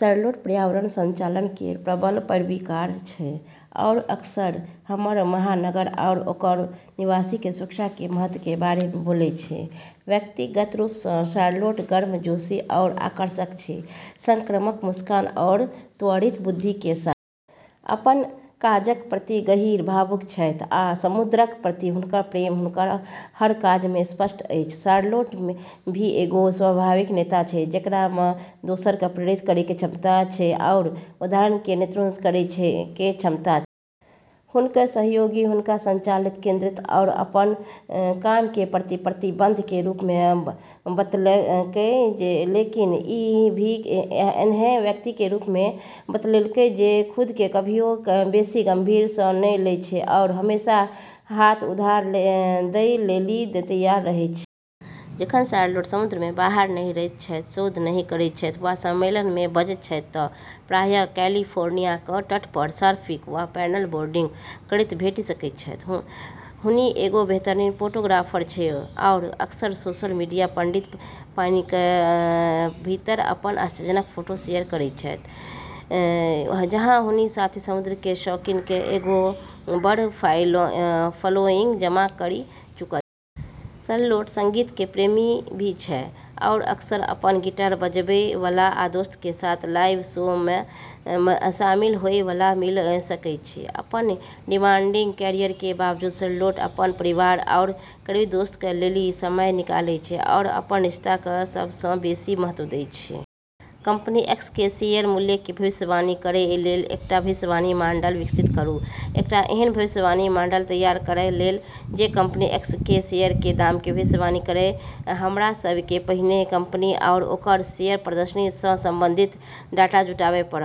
Charlotte पर्यावरण संचालन केरऽ प्रबल पैरवीकार छै, आरू अक्सर हमरऽ महासागर आरू ओकरऽ निवासी के सुरक्षा के महत्व के बारे म॑ बोलै छै। व्यक्तिगत रूप स॑ शार्लोट गर्मजोशी आरू आकर्षक छै, संक्रामक मुस्कान आरू त्वरित बुद्धि के साथ। अपन काजक प्रति गहींर भावुक छथि, आ समुद्रक प्रति हुनकर प्रेम हुनकर हर काज मे स्पष्ट अछि। शार्लोट भी एगो स्वाभाविक नेता छै, जेकरा म॑ दोसरऽ क॑ प्रेरित करै के क्षमता छै आरू उदाहरण स॑ नेतृत्व करै के क्षमता छै। हुनकऽ सहयोगी हुनका संचालित, केंद्रित, आरू अपनऽ काम के प्रति प्रतिबद्ध के रूप म॑ बतैलकै, लेकिन ई भी ऐन्हऽ व्यक्ति के रूप म॑ भी बतैलकै जे खुद क॑ कभियो बेसी गंभीरता स॑ नै लै छै आरू हमेशा हाथ उधार दै लेली तैयार रहै छै। जखन शार्लोट समुद्र में बाहर नहिं रहैत छथि, शोध नहिं करैत छथि वा सम्मेलन में बजैत छथि तं प्रायः कैलिफोर्नियाक तट पर सर्फिंग वा पैडल-बोर्डिंग करैत भेटि सकैत छथि. हुनी एगो बेहतरीन फोटोग्राफर छै, आरू अक्सर सोशल मीडिया प॑ पानी के भीतर अपनऽ आश्चर्यजनक फोटो शेयर करै छै, जहां हुनी साथी समुद्र के शौकीनऽ के एगो बड़ऽ फॉलोइंग जमा करी चुकलऽ छै। शार्लोट संगीत के प्रेमी भी छै, आरू अक्सर अपनऽ गिटार बजाबै वाला या दोस्तऽ के साथ लाइव शो म॑ शामिल होय वाला मिल॑ सकै छै। अपनऽ डिमांडिंग कैरियर के बावजूद, शार्लोट अपनऽ परिवार आरू करीबी दोस्तऽ लेली समय निकालै छै, आरू अपनऽ रिश्ता क॑ सब स॑ बेसी महत्व दै छै। कंपनी एक्स के शेयर मूल्य के भविष्यवाणी करय लेल एकटा भविष्यवाणी मॉडल विकसित करू. एकटा एहन भविष्यवाणी मॉडल तैयार करय लेल जे कंपनी एक्स के शेयर के दाम के भविष्यवाणी करय, हमरा सभ के पहिने कंपनी आओर ओकर शेयर प्रदर्शन सं संबंधित डाटा जुटाबय पड़त.